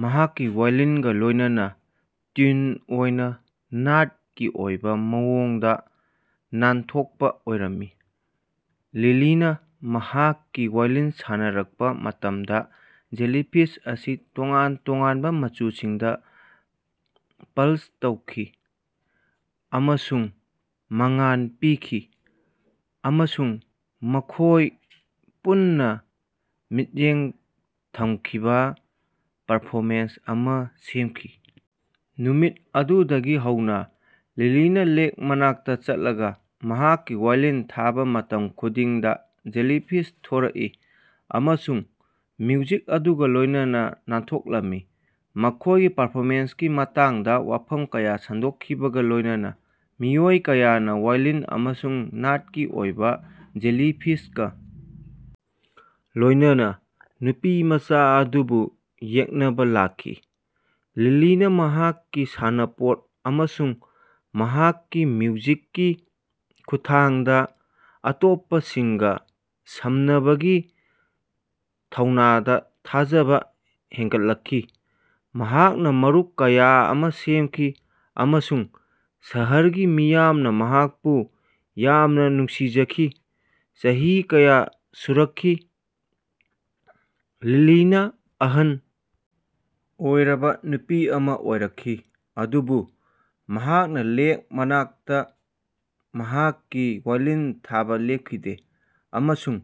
ꯃꯍꯥꯛꯀꯤ ꯋꯥꯏꯂꯤꯟꯒ ꯂꯣꯏꯅꯅ ꯇ꯭ꯌꯨꯟ ꯑꯣꯏꯅ ꯅꯥꯠꯀꯤ ꯑꯣꯏꯕ ꯃꯑꯣꯡꯗ ꯅꯥꯟꯊꯣꯛꯄ ꯑꯣꯏꯔꯝꯃꯤ꯫ ꯂꯤꯂꯤꯅ ꯃꯍꯥꯛꯀꯤ ꯋꯥꯏꯂꯤꯟ ꯁꯥꯟꯅꯔꯛꯄ ꯃꯇꯝꯗ ꯖꯦꯂꯤꯐꯤꯁ ꯑꯁꯤ ꯇꯣꯉꯥꯟ ꯇꯣꯉꯥꯟꯕ ꯃꯆꯨꯁꯤꯡꯗ ꯄ꯭ꯂꯁ ꯇꯧꯈꯤ ꯑꯃꯁꯨꯡ ꯃꯉꯥꯜ ꯄꯤꯈꯤ, ꯑꯃꯁꯨꯡ ꯃꯈꯣꯏ ꯄꯨꯟꯅꯥ ꯃꯤꯠꯌꯦꯡ ꯊꯝꯈꯤꯕ ꯄꯔꯐꯣꯃꯦꯟꯁ ꯑꯃ ꯁꯦꯝꯈꯤ꯫ ꯅꯨꯃꯤꯠ ꯑꯗꯨꯗꯒꯤ ꯍꯧꯅ ꯂꯤꯂꯤꯅ ꯂꯦꯛ ꯃꯅꯥꯛꯇ ꯆꯠꯂꯒ ꯃꯍꯥꯛꯀꯤ ꯋꯥꯏꯂꯤꯟ ꯊꯥꯕ ꯃꯇꯝ ꯈꯨꯗꯤꯡꯗ ꯖꯦꯂꯤꯐꯤꯁ ꯊꯣꯔꯛꯏ ꯑꯃꯁꯨꯡ ꯃ꯭ꯌꯨꯖꯤꯛ ꯑꯗꯨꯒ ꯂꯣꯏꯅꯅ ꯅꯥꯟꯊꯣꯛꯂꯝꯃꯤ꯫ ꯃꯈꯣꯏꯒꯤ ꯄꯔꯐꯣꯃꯦꯟꯁꯀꯤ ꯃꯇꯥꯡꯗ ꯋꯥꯐꯝ ꯀꯌꯥ ꯁꯟꯗꯣꯛꯈꯤꯕꯒ ꯂꯣꯏꯅꯅ ꯃꯤꯑꯣꯏ ꯀꯌꯥꯅ ꯋꯥꯏꯂꯤꯟ ꯑꯃꯁꯨꯡ ꯅꯥꯠꯀꯤ ꯑꯣꯏꯕ ꯖꯦꯂꯤꯐꯤꯁꯀ ꯂꯣꯏꯅꯅ ꯅꯨꯄꯤꯃꯆꯥ ꯑꯗꯨꯕꯨ ꯌꯦꯛꯅꯕ ꯂꯥꯛꯈꯤ꯫ ꯂꯤꯂꯤꯅ ꯃꯍꯥꯛꯀꯤ ꯁꯥꯟꯅꯄꯣꯠ ꯑꯃꯁꯨꯡ ꯃꯍꯥꯛꯀꯤ ꯃ꯭ꯌꯨꯖꯤꯛꯀꯤ ꯈꯨꯠꯊꯥꯡꯗ ꯑꯇꯣꯞꯄꯁꯤꯡꯒ ꯁꯝꯅꯕꯒꯤ ꯊꯧꯅꯥꯗ ꯊꯥꯖꯕ ꯍꯦꯟꯒꯠꯂꯛꯈꯤ꯫ ꯃꯍꯥꯛꯅ ꯃꯔꯨꯞ ꯀꯌꯥ ꯑꯃ ꯁꯦꯝꯈꯤ, ꯑꯃꯁꯨꯡ ꯁꯍꯔꯒꯤ ꯃꯤꯌꯥꯝꯅ ꯃꯍꯥꯛꯄꯨ ꯌꯥꯝꯅ ꯅꯨꯡꯁꯤꯖꯈꯤ꯫ ꯆꯍꯤ ꯀꯌꯥ ꯁꯨꯔꯛꯈꯤ, ꯂꯤꯂꯤꯅ ꯑꯍꯜ ꯑꯣꯏꯔꯕ ꯅꯨꯄꯤ ꯑꯃ ꯑꯣꯏꯔꯛꯈꯤ, ꯑꯗꯨꯕꯨ ꯃꯍꯥꯛꯅ ꯂꯦꯛ ꯃꯅꯥꯛꯇ ꯃꯍꯥꯛꯀꯤ ꯋꯥꯏꯂꯤꯟ ꯊꯥꯕ ꯂꯦꯞꯈꯤꯗꯦ꯫ ꯑꯃꯁꯨꯡ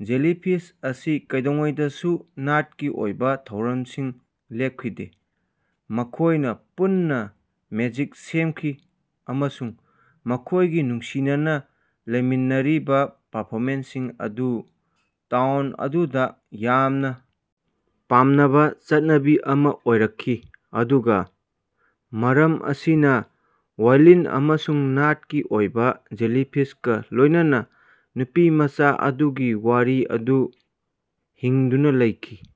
ꯖꯦꯂꯤꯐꯤꯁ ꯑꯁꯤ ꯀꯩꯗꯧꯉꯩꯗꯁꯨ ꯅꯥꯠꯀꯤ ꯑꯣꯏꯕ ꯊꯧꯔꯝꯁꯤꯡ ꯂꯦꯞꯈꯤꯗꯦ꯫ ꯃꯈꯣꯏꯅ ꯄꯨꯟꯅ ꯃꯦꯖꯤꯛ ꯁꯦꯝꯈꯤ, ꯑꯃꯁꯨꯡ ꯃꯈꯣꯏꯒꯤ ꯅꯨꯡꯁꯤꯅꯅ ꯂꯩꯃꯤꯟꯅꯔꯤꯕ ꯄꯔꯐꯣꯃꯦꯟꯁꯁꯤꯡ ꯑꯗꯨ ꯇꯥꯎꯟ ꯑꯗꯨꯗ ꯌꯥꯝꯅ ꯄꯥꯝꯅꯕ ꯆꯠꯅꯕꯤ ꯑꯃ ꯑꯣꯏꯔꯛꯈꯤ꯫ ꯑꯗꯨꯒ ꯃꯔꯝ ꯑꯁꯤꯅ, ꯋꯥꯏꯂꯤꯟ ꯑꯃꯁꯨꯡ ꯅꯥꯠꯀꯤ ꯑꯣꯏꯕ ꯖꯦꯂꯤꯐꯤꯁꯀ ꯂꯣꯏꯅꯅ ꯅꯨꯄꯤꯃꯆꯥ ꯑꯗꯨꯒꯤ ꯋꯥꯔꯤ ꯑꯗꯨ ꯍꯤꯡꯗꯨꯅ ꯂꯩꯈꯤ꯫